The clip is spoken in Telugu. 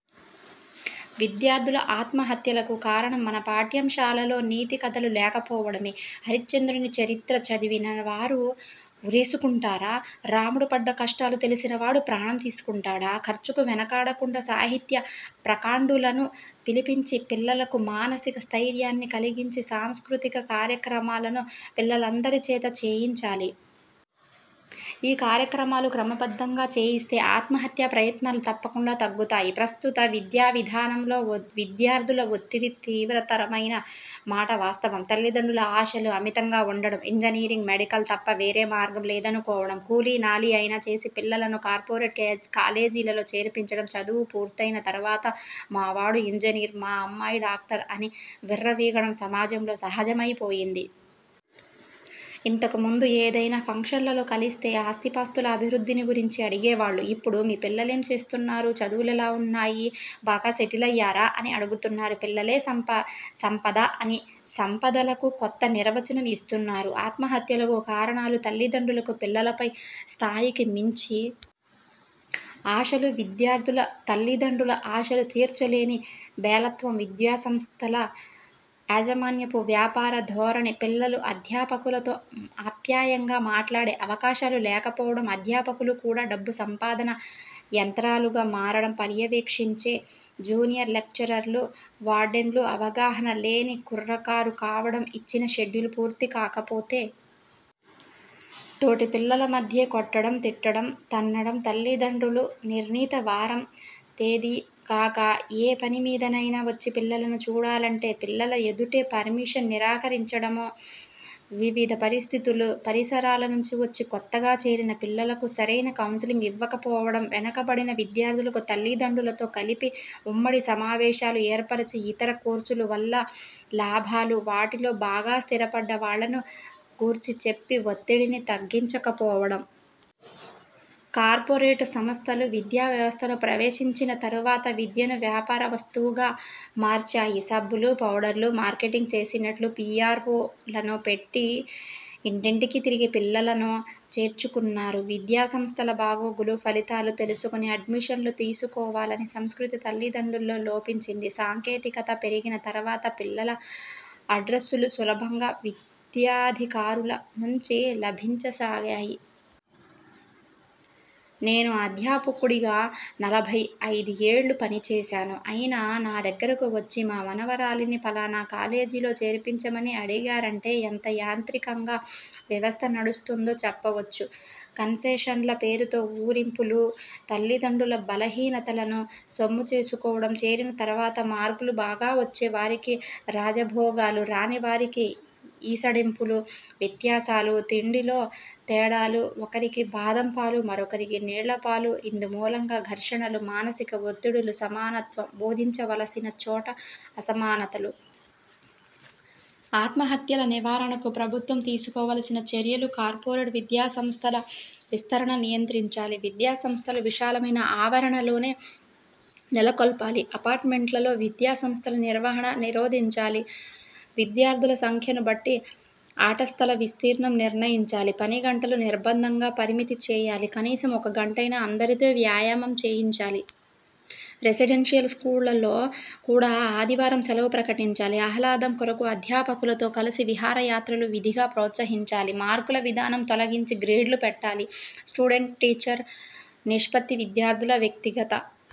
విద్యార్థుల ఆత్మహత్యలకు కారణం మన పాఠ్యాంశాలలో నీతి కథలు లేకపోవడమే. హరిశ్చంద్రుని చరిత్ర చదివినవారు ఉరేసుకుంటారా? రాముడు పడ్డ కష్టాలు తెలిసిన వాడు ప్రాణం తీసుకుంటాడా? ఖర్చుకు వెనుకాడకుండా సాహిత్య ప్రకాండులను పిలిపించి పిల్లలకు మానసిక స్థైర్యాన్ని కలిగించి సాంస్కృతిక కార్యక్రమాలను పిల్లలందరి చేత చేయించాలి. ఈ కార్యక్రమాలు క్రమబద్ధంగా చేయిస్తే ఆత్మహత్యా ప్రయత్నాలు తప్పకుండా తగ్గుతాయి. ప్రస్తుత విద్యావిధానంలో విద్యార్థుల ఒత్తిడి తీవ్రతరమైన మాట వాస్తవం. తల్లిదండ్రుల ఆశలు అమితంగా వుండడం, ఇంజనీరింగ్, మెడికల్ తప్ప వేరే మార్గం లేదనుకోవడం, కూలీనాలీ అయినా చేసి పిల్లలను కార్పోరేట్ కాలేజీలలో చేర్పించడం, చదువు పూర్తైన తరువాత మావాడు ఇంజనీరు, మా అమ్మాయి డాక్టరు అని విర్రవీగడం సమాజంలో సహజమైపోయింది. ఇంతకు ముందు ఏదైనా ఫంక్షన్లలో కలిస్తే ఆస్తిపాస్తుల అభివృద్ధిని గురించి అడిగేవాళ్ళు. ఇప్పుడు మీ పిల్లలేం చేస్తున్నారు? చదువులెలా వున్నాయి? బాగా సెటిల్ అయ్యారా? అని అడుగుతున్నారు. పిల్లలే సంపద అని సంపదలకు కొత్త నిర్వచనం ఇస్తున్నారు. ఆత్మహత్యలకు కారణాలు తల్లిదండ్రులకు పిల్లలపై స్ధాయికి మించి ఆశలు విద్యార్థులు తల్లిదండ్రుల ఆశలు తీర్చలేని బేలత్వం విద్యాసంస్థల యాజమాన్యపు వ్యాపార ధోరణి పిల్లలు అధ్యాపకులతో అప్యాయంగా మాట్లాడే అవకాశాలు లేకపోవడం అధ్యాపకులు కూడా డబ్బు సంపాదన యంత్రాలుగా మారడం పర్యవేక్షించే జూనియర్ లెక్చరర్లు, వార్డెన్లు అవగాహన లేని కుర్రకారు కావడం ఇచ్చిన షెడ్యూల్ పూర్తికాకపోతే తోటిపిల్లల మధ్యే కొట్టడం, తిట్టడం, తన్నడం తల్లిదండ్రులు నిర్ణీత వారం, తేదీ కాక ఏ పని మీదనైనా వచ్చి పిల్లలనుచూడాలంటే పిల్లల ఎదుటే పర్మిషన్ నిరాకరించడం వివిధ పరిస్ధితులు, పరిసరాల నుంచి వచ్చి కొత్తగా చేరిన పిల్లలకు సరైన కౌన్సిలింగ్ ఇవ్వకపోడవం వెనుకబడిన విద్యార్థులకు తల్లిదండ్రులతో కలిపి ఉమ్మడి సమావేశాలు ఏర్పరిచి, ఇతర కోర్సులు వల్ల లాభాలు, వాటిలో బాగా స్థిరపడ్డ వాళ్లను గూర్చి చెప్పి ఒత్తిడిని తగ్గంచకపోవడం. కార్పొరేట్ సంస్థలు, విద్యావ్యవస్థలో ప్రవేశించిన తరువాత విద్యను వ్యాపార వస్తువుగా మార్చాయి. సబ్బులు, పౌడర్లు మార్కెటింగ్ చేసినట్లు పీఆర్వోలను పెట్టి ఇంటింటికీ తిరిగి పిల్లలను చేర్చుకున్నారు. విద్యాసంస్థల బాగోగులు, ఫలితాలు తెలుసుకొని అడ్మిషన్లు తీసుకోవాలనే సంస్కృతి తల్లిదండ్రుల్లో లోపించింది. సాంకేతికత పెరిగిన తరువాత పిల్లల అడ్రస్సులు సులభంగా విద్యాధికారుల నుంచి లభించసాగాయి. నేను అధ్యాపకుడిగా నలభై ఐదు ఏళ్లు పనిచేసాను. అయినా నా దగ్గరకు వచ్చి మా మనుమరాలిని పలానా కాలేజీలో చేర్పించమని అడిగారంటే ఎంత యాంత్రికంగా వ్యవస్థ నడుస్తుందో చెప్పవచ్చు. కన్సెషన్ల పేరుతో ఊరింపులు తల్లిదండ్రుల బలహీనతలను సొమ్ము చేసుకోవడం చేరిన తరువాత మార్కులు బాగా వచ్చే వారికి రాజభోగాలు, రానివారికి ఈసడింపులు, వ్వత్యాసాలు, తిండిలో తేడాలు, ఒకరికి బాదంపాలు, మరొకరికి నీళ్లపాలు, ఇందు మూలంగా ఘర్షణలు, మానసిక ఒత్తిడులు, సమానత్వం బోధించవలసిన చోట అసమానతలు. ఆత్మహత్యల నివారణకు ప్రభుత్వం తీసుకోవలసిన చర్యలు కార్పొరేట్ విద్యాసంస్థల విస్తరణ నియంత్రించాలి విద్యాసంస్థలు విశాలమైన ఆవరణలోనే నెలకొల్పాలి అపార్ట్మెంట్లలో విద్యాసంస్థల నిర్వహణ నిరోధించాలి విద్యార్థుల సంఖ్యను బట్టి ఆటస్థల విస్తీర్ణం నిర్ణయించాలి పనిగంటలు నిర్బంధంగా పరిమితి చేయాలి కనీసం ఒక గంటైనా అందరితో వ్యాయామం చేయించాలి రెసిడెన్షియల్ స్కూళ్లలో కూడా ఆదివారం సెలవు ప్రకటించాలి ఆహ్లాదం కొరకు అధ్యాపకులతో కలిసి విహారయాత్రలు విధిగా ప్రోత్సహించాలి మార్కుల విధానం తొలగించి గ్రేడ్లు పెట్టాలి స్టూడెంట్– టీచరు నిష్పత్తి విద్యార్థుల వ్యక్తిగత